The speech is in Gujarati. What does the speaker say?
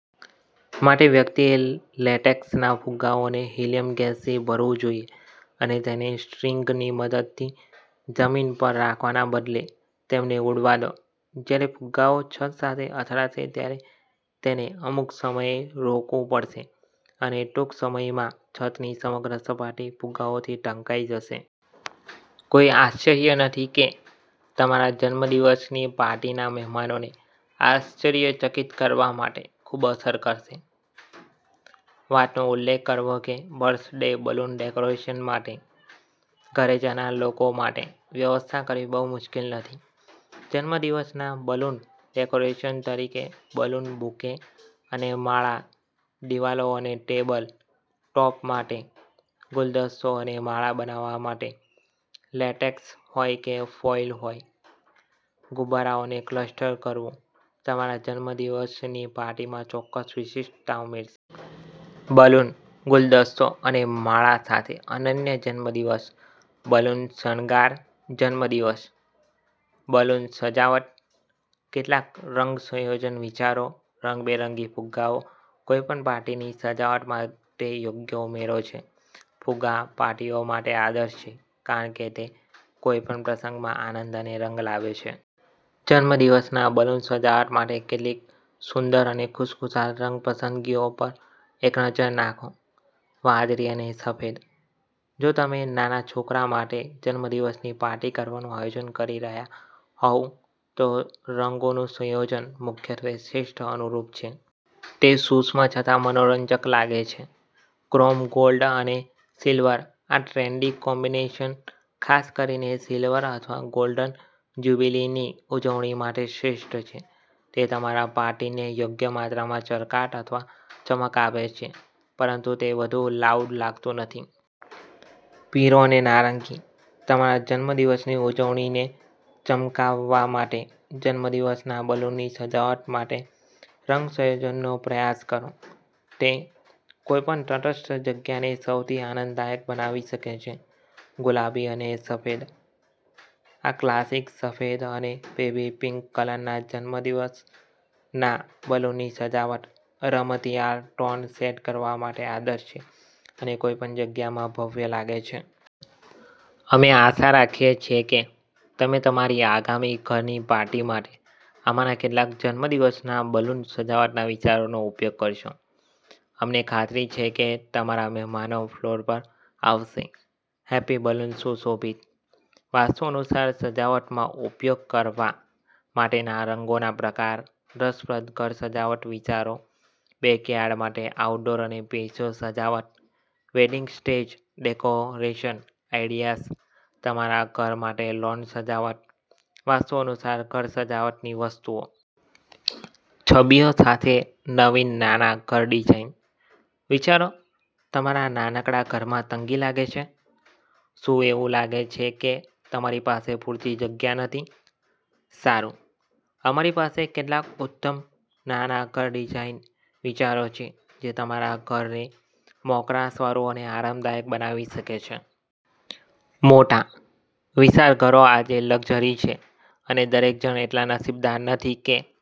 માટે, વ્યક્તિએ લેટેક્સના ફુગ્ગાઓને હિલીયમ ગેસથી ભરવું જોઈએ અને, તેને સ્ટ્રિંગની મદદથી જમીન પર રાખવાને બદલે, તેમને ઉડવા દો. જ્યારે ફુગ્ગાઓ છત સાથે અથડાશે ત્યારે તેને અમુક સમયે રોકવું પડશે અને ટૂંક સમયમાંછતની સમગ્ર સપાટી ફુગ્ગાઓથી ઢંકાઈ જશે. કોઈ આશ્ચર્ય નથી કેતમારા જન્મદિવસની પાર્ટીના મહેમાનોને આશ્ચર્યચકિત કરવા માટે ખૂબ અસર કરશે. વાતનો ઉલ્લેખકરવો કે બર્થડે બલૂન ડેકોરેશન માટે ઘરે જનારા લોકો માટેવ્યવસ્થા કરવી બહુ મુશ્કેલ નથી. જન્મદિવસના બલૂન ડેકોરેશન તરીકે બલૂન બુકે અને માળા દીવાલો અને ટેબલ ટોપ માટે ગુલદસ્તો અને માળા બનાવવા માટે, લેટેક્સ હોય કે ફોઈલ હોય, ગુબ્બારાઓને ક્લસ્ટર કરવું તમારા જન્મદિવસની પાર્ટીમાં ચોક્કસ વિશિષ્ટતા ઉમેરશે. બલૂન ગુલદસ્તો અને માળા સાથે અનન્ય જન્મદિવસ બલૂન શણગાર જન્મદિવસ બલૂન સજાવટકેટલાક રંગ સંયોજન વિચારો રંગબેરંગી ફુગ્ગાઓ કોઈપણ પાર્ટીની સજાવટ માટે યોગ્ય ઉમેરો છે, ફુગ્ગા પાર્ટીઓ માટે આદર્શ છે કારણ કે તે કોઈપણ પ્રસંગમાં આનંદ અને રંગ લાવે છે. જન્મદિવસના બલૂન સજાવટ માટે કેટલીક સુંદર અને ખુશખુશાલ રંગ પસંદગીઓ પર એક નજર નાખો. વાદળી અને સફેદજો તમે નાના છોકરા માટે જન્મદિવસની પાર્ટી કરવાનું આયોજન કરી રહ્યા હોવ તો રંગોનુંસંયોજન મુખ્યત્વે શ્રેષ્ઠ અનુરૂપ છે. તે સૂક્ષ્મ છતાં મનોરંજક લાગે છે. ક્રોમ ગોલ્ડ અને સિલ્વરઆ ટ્રેન્ડી કોમ્બિનેશન ખાસ કરીને સિલ્વર અથવા ગોલ્ડન જ્યુબિલીની ઉજવણી માટે શ્રેષ્ઠ છે. તે તમારા પાર્ટીને યોગ્ય માત્રામાં ચળકાટ અથવા ચમક આપે છે પરંતુ તે વધુ લાઉડ લાગતું નથી. પીરો અને નારંગીતમારા જન્મદિવસની ઉજવણીને ચમકાવવા માટે, જન્મદિવસના બલૂનની સજાવટ માટેરંગ સંયોજનનો પ્રયાસ કરો. તે કોઈપણ તટસ્થ જગ્યાને સૌથી આનંદદાયક બનાવી શકે છે. ગુલાબી અને સફેદઆ ક્લાસિક સફેદ અને બેબી પિંક કલરના જન્મદિવસના બલૂનની સજાવટ રમતિયાળ ટોન સેટ કરવા માટે આદર્શ છે અને કોઈપણ જગ્યામાં ભવ્ય લાગે છે. અમે આશા રાખીએ છીએ કે તમે તમારી આગામી ઘરની પાર્ટી માટે આમાંના કેટલાક જન્મદિવસના બલૂન સજાવટના વિચારોનો ઉપયોગ કરશો. અમને ખાતરી છે કે તમારા મહેમાનો ફ્લોર પર આવશે. હેપી બલૂન સુશોભિત! વાસ્તુ અનુસાર સજાવટમાં ઉપયોગ કરવા માટેના રંગોના પ્રકાર રસપ્રદ ઘર સજાવટ વિચારો બેકયાર્ડ માટે આઉટડોર અને પેશો સજાવટ વેડિંગ સ્ટેજ ડેકોરેશન આઈડિયાઝ તમારા ઘર માટે લૉન સજાવટ વાસ્તુ અનુસાર ઘર સજાવટની વસ્તુઓ છબીઓ સાથે નવીન નાના ઘર ડિઝાઇન વિચારો તમારા નાનકડા ઘરમાં તંગી લાગે છે? શું એવું લાગે છે કે તમારી પાસે પૂરતી જગ્યા નથી? સારું, અમારી પાસે કેટલાક ઉત્તમ નાના ઘર ડિઝાઇન વિચારો છે જે તમારા ઘરને મોકરાશવાળું અને આરામદાયક બનાવી શકે છે. મોટા, વિશાળ ઘરો આજે લક્ઝરી છે અને દરેક જણ એટલા નસીબદાર નથી કે